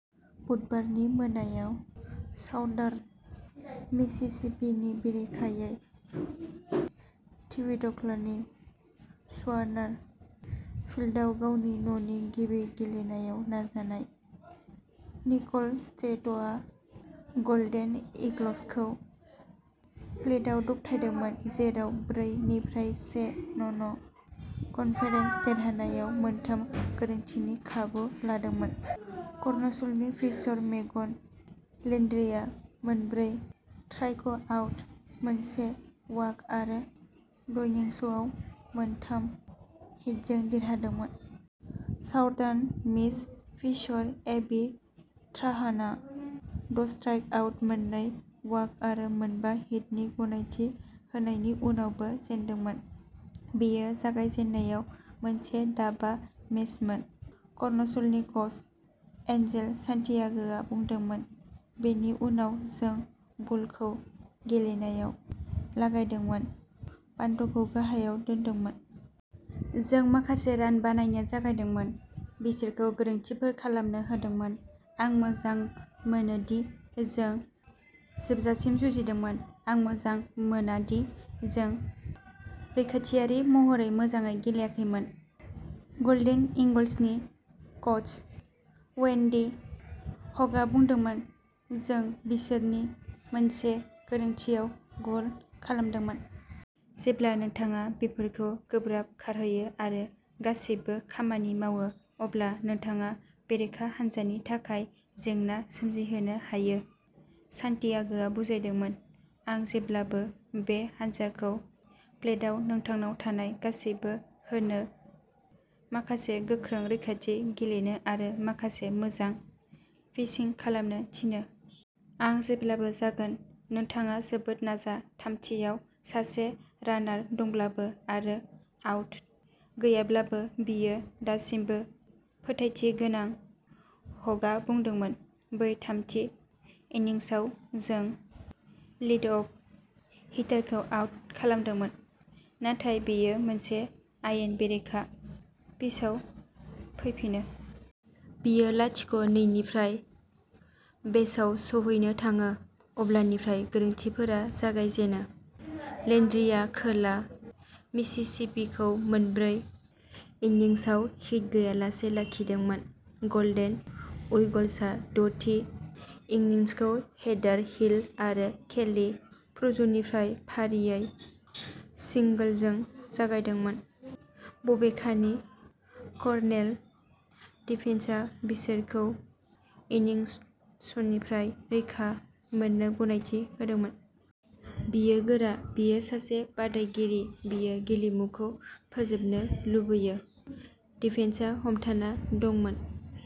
बुधबारनि मोनायाव साउदार्न मिसिसिपिनि बेरेखायै थिबोड'क्नानि स्वानार फील्डआव गावनि न'नि गिबि गेलेनायाव नाजानाय। निकल्स स्टेटआ गल्डेन ईगल्सखौ प्लेटआव दबथायदोंमोन, जेराव ब्रै निफ्राय से नन कन्फेरेन्स देरहानायाव मोनथाम गोरोन्थिनि खाबु लादोंमोन। कर्नल्सनि पिचर मेगन लेन्ड्रिआ मोनब्रै स्ट्राइकआउट, मोनसे वाक आरो द'इन्निंसआव मोनथाम हिटजों देरहादोंमोन। साउदार्न मिस पिचर एबि ट्राहानआ द'स्ट्राइकआउट, मोननै वाक आरो मोनबा हिटनि गनायथि होनायनि उनावबो जेनदोंमोन। बेयो जागायजेननायाव मोनसे दाबा मेचमोन कर्नल्सनि कच एन्जेल सान्टियागोआ बुंदोंमोन। बेनि उनाव जों बलखौ गेलेनायाव लागायदोंमोन, बान्टखौ गाहायाव दोनदोंमोन। जों माखासे रान बानायनो जागायदोंमोन, बिसोरखौ गोरोन्थिफोर खालामनो होदोंमोन। आं मोजां मोनोदि जों जोबजासिम जुजिदोंमोन। आं मोजां मोना दि जों रैखाथियारि महरै मोजाङै गेलेयाखैमोन गल्डेन ईगल्सनि कच वेन्डी ह'गआ बुंदोंमोन। जों बिसोरनि मोनसे गोरोन्थिआव गल खालामदोंमोन। जेब्ला नोंथाङा बेसफोरखौ गोब्राब खारहोयो आरो गासिबो खामानि मावो, अब्ला नोंथाङा बेरेखा हान्जानि थाखाय जेंना सोमजिहोनो हायो सान्टियागोआ बुजायदोंमोन। आं जेब्लाबो बे हान्जाखौ प्लेटआव नोंथांनाव थानाय गासिबो होनो, माखासे गोख्रों रैखाथि गेलेनो आरो माखासे मोजां पिचिंग खालामनो थिनो। आं जेब्लाबो जागोन। नोंथाङा जोबोद नाजा। थामथिआव सासे रानार दंब्लाबो आरो आउट गैयाब्लाबो, बियो दासिमबो फोथायथि गोनां हगआ बुंदोंमोन। बै थामथि इन्निंसआव, जों लिडअफ हिटारखौ आउट खालामदोंमोन, नाथाय बेयो मोनसे आयेन बेरेखा पिचआव फैफिनो। बियो लाथिक' नै निफ्राय बेसआव सौहैनो थाङो। अब्लानिफ्राय गोरोन्थिफोरा जागायजेनो। लेन्ड्रिआ खोला मिसिसिपिखौ मोनब्रै इन्निंसआव हिट गैयालासे लाखिदोंमोन। गल्डेन ईगल्सआ द'थि इन्निंसखौ हेदार हिल आरो केली फ्रुजनिफ्राय फारियै सिंगोलजों जागायदोंमोन। बबेखानि कर्नेल डिफेन्सआ बिसोरखौ इनिंसनिफ्राय रैखा मोननो गनायथि होदोंमोन। बियो गोरा, बियो सासे बादायगिरि बियो गेलेमुखौ फोजोबनो लुबैयो। डिफेन्सआ हमथाना दंमोन।